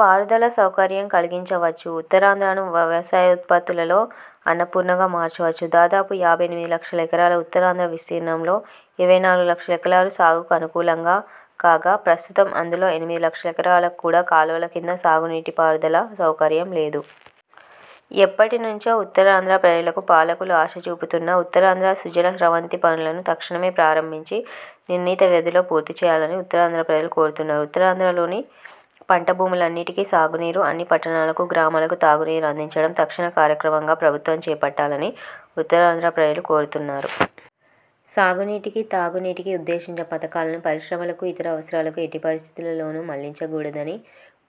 పారుదల సౌకర్యం కలిగించవచ్చు. ఉత్తరాంధ్రను వ్యవసాయోత్పత్తులలో అన్నపూర్ణగా మార్చవచ్చు. దాదాపు యాభై ఎనిమిది లక్షల ఎకలాలు ఉత్తరాంధ్ర విస్తీర్ణంలో ఇరవై నాలుగు లక్షల ఎకరాలు సాగుకు అనుకూలం కాగా, ప్రస్తుతం అందులో ఎనిమిది లక్షల ఎకరాలకు కూడా కాలువల కింద సాగునీటి పారుదల సౌకర్యం లేదు. ఎప్పటి నుంచో ఉత్తరాంధ్ర ప్రజలకు పాలకులు ఆశ చూపుతున్న ఉత్తరాంధ్ర సుజల స్రవంతి పనులను తక్షణమే ప్రారంభించి, నిర్ణీత వ్యధిలో పూర్తి చేయాలని ఉత్తరాంధ్ర ప్రజలు కోరుతున్నారు. ఉత్తరాంధ్ర లోని పంట భూములన్నిటికీ సాగునీరు, అన్ని పట్టణాలకూ, గ్రామాలకూ తాగు నీరు అందించడం తక్షణ కార్యక్రమంగా ప్రభుత్వం చేపట్టాలని ఉత్తరాంధ్ర ప్రజలు కోరుతున్నారు. సాగు నీటికీ, తాగు నీటికీ ఉద్దేశించిన పథకాలను పరిశ్రమలకు, ఇతర అవసరాలకు ఎట్టి పరిస్థితులలోనూ మళ్లించగూడదని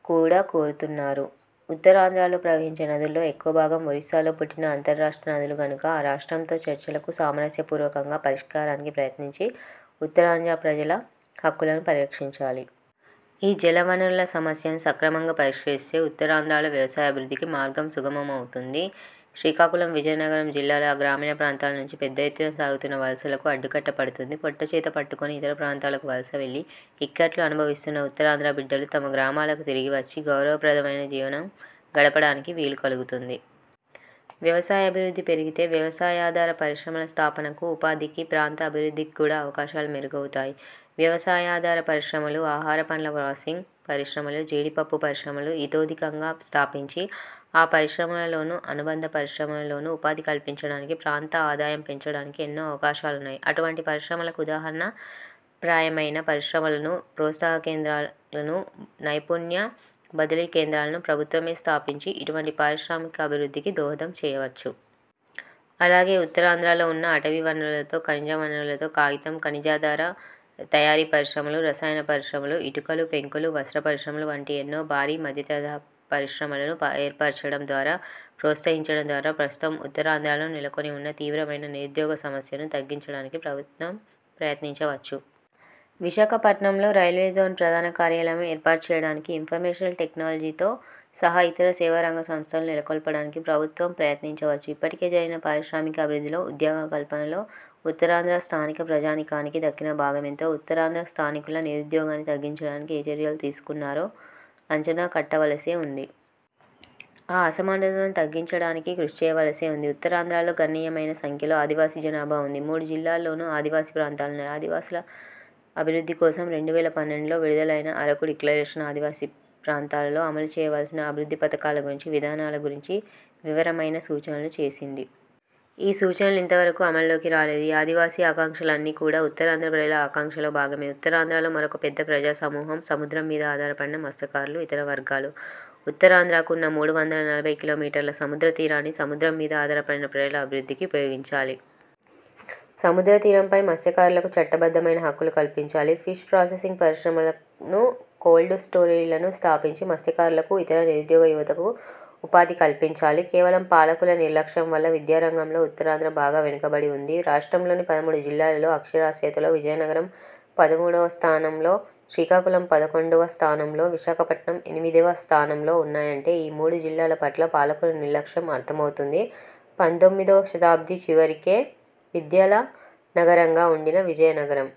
కూడా కోరుతున్నారు. ఉత్తరాంధ్రలో ప్రవహించే నదుల్లో ఎక్కువభాగం ఒరిస్సాలో పుట్టిన అంతర్రాష్ట్ర నదులు గనుక ఆ రాష్ట్రంతో చర్చలకు, సామరస్య పూర్వకంగా పరిష్కారానికి ప్రయత్నించి, ఉత్తరాంధ్ర ప్రజల హక్కులను పరిరక్షించాలి. ఈ జలవనరుల సమస్యను సక్రమంగా పరిష్కరిస్తే ఉత్తరాంధ్రలో వ్యవసాయాభివృద్ధికి మార్గం సుగమమవుతుంది. శ్రీకాకుళం, విజయనగరం జిల్లాల గ్రామీణ ప్రాంతాల నుంచి పెద్ద ఎత్తున సాగుతున్న వలసలకు అడ్డుకట్ట పడుతుంది. పొట్ట చేత పట్టుకుని ఇతర ప్రాంతాలకు వలస వెళ్లి ఇక్కట్లు అనుభవిస్తున్న ఉత్తరాంధ్ర బిడ్డలు తమ గ్రామాలకు తిరిగివచ్చి గౌరవప్రదమైన జీవనం గడపడానికి వీలు కలుగుతుంది. వ్యవసాయాభివృద్ధి పెరిగితే వ్యవసాయాధార పరిశ్రమల స్థాపనకు, ఉపాధికీ, ప్రాంత అభివృద్ధికీ కూడా అవకాశాలు మెరుగవుతాయి. వ్యవసాయాధార పరిశ్రమలు, ఆహార, పండ్ల ప్రాసెసింగ్ పరిశ్రమలు, జీడిపప్పు పరిశ్రమలు ఇతోధికంగా స్థాపించి, ఆ పరిశ్రమలలోను, అనుబంధ పరిశ్రమలలోను ఉపాధి కల్పించడానికీ, ప్రాంత ఆదాయం పెంచడానికీ ఎన్నో అవకాశాలున్నాయి. అటువంటి పరిశ్రమలకు ఉదాహరణ ప్రాయమైన పరిశ్రమలను, ప్రోత్సాహక కేంద్రాలను, నైపుణ్య బదిలీ కేంద్రాలను ప్రభుత్వమే స్థాపించి ఇటువంటి పారిశ్రామికాభివృద్ధికి దోహదం చేయవచ్చు. అలాగే ఉత్తరాంధ్రలో ఉన్న అటవీ వనరులతో, ఖనిజ వనరులతో కాగితం, ఖనిజాధార తయారీ పరిశ్రమలు, రసాయన పరిశ్రమలు, ఇటుకలు, పెంకులు, వస్త్ర పరిశ్రమలు వంటి ఎన్నో భారీ, మధ్యతరహా పరిశ్రమలను ఏర్పరచడం ద్వారా, ప్రోత్సహించడం ద్వారా ప్రస్తుతం ఉత్తరాంధ్రలో నెలకొని ఉన్న తీవ్రమైన నిరుద్యోగ సమస్యను తగ్గించడానికి ప్రభుత్వం ప్రయత్నించవచ్చు. విశాఖపట్నంలో రైల్వే జోన్ ప్రధాన కార్యాలయం ఏర్పాటు చేయడానికి, ఇన్ఫర్మేషన్ టెక్నాలజీతో సహా ఇతర సేవారంగ సంస్థలు నెలకొల్పడానికి ప్రభుత్వం ప్రయత్నించవచ్చు. ఇప్పటికి జరిగిన పారిశ్రామికాభివృద్ధిలో, ఉద్యోగకల్పనలో ఉత్తరాంధ్ర స్థానిక ప్రజానీకానికి దక్కిన భాగమెంతో, ఉత్తరాంధ్ర స్థానికుల నిరుద్యోగాన్ని తగ్గించడానికి ఏ చర్యలు తీసుకున్నారో అంచనా కట్టవలసే ఉంది. ఆ అసమానతలను తగ్గించడానికి కృషి చేయవలసే ఉంది. ఉత్తరాంధ్రలో గణనీయమైన సంఖ్యలో ఆదివాసీ జనాభా ఉంది. మూడు జిల్లాలలోను ఆదివాసీ ప్రాంతాలున్నాయి. ఆదివాసుల అభివృద్ధి కోసం రెండు వేల పన్నెండులో విడుదల అయిన అరకు డిక్లరేషన్ ఆదివాసీ ప్రాంతాలలో అమలు చేయవలసిన అభివృద్ధి పథకాల గురించి, విధానాల గురించి వివరమైన సూచనలు చేసింది. ఈ సూచనలు ఇంతవరకూ అమలులోకి రాలేదు. ఈ ఆదివాసీ ఆకాంక్షలన్నీ కూడా ఉత్తరాంధ్ర ప్రజల ఆకాంక్షలలో భాగమే. ఉత్తరాంధ్రలో మరొక పెద్ద ప్రజా సమూహం సముద్రం మీద ఆధారపడిన మత్స్యకారులు, ఇతర వర్గాలు. ఉత్తరాంధ్రకు ఉన్న మూడు వందల నలభై కిలో మీటర్ల సముద్ర తీరాన్ని సముద్రం మీద ఆధారపడిన ప్రజల అభివృద్ధికి ఉపయోగించాలి. సముద్ర తీరంపై మత్స్యకారులకు చట్టబద్ధమైన హక్కులు కల్పించాలి. ఫిష్ ప్రాసెసింగ్ పరిశ్రమలను, కోల్డ్ స్టోరేజీలను స్థాపించి మత్స్యకారులకు, ఇతర నిరుద్యోగ యువతకు ఉపాధి కల్పించాలి. కేవలం పాలకుల నిర్లక్ష్యం వల్ల విద్యారంగంలో ఉత్తరాంధ్ర బాగా వెనుకబడి ఉంది. రాష్ట్రంలోని పదమూడు జిల్లాలలో అక్షరాస్యతలో విజయనగరం పదమూడువ స్థానంలో, శ్రీకాకుళం పదకొండువ స్థానంలో, విశాఖపట్నం ఎనిమిదివ స్థానంలో ఉన్నాయంటే ఈ మూడు జిల్లాల పట్ల పాలకుల నిర్లక్ష్యం అర్థమవుతుంది. పందొమ్మిదొ శతాబ్ది చివరికే విద్యల నగరంగా ఉండిన విజయనగరం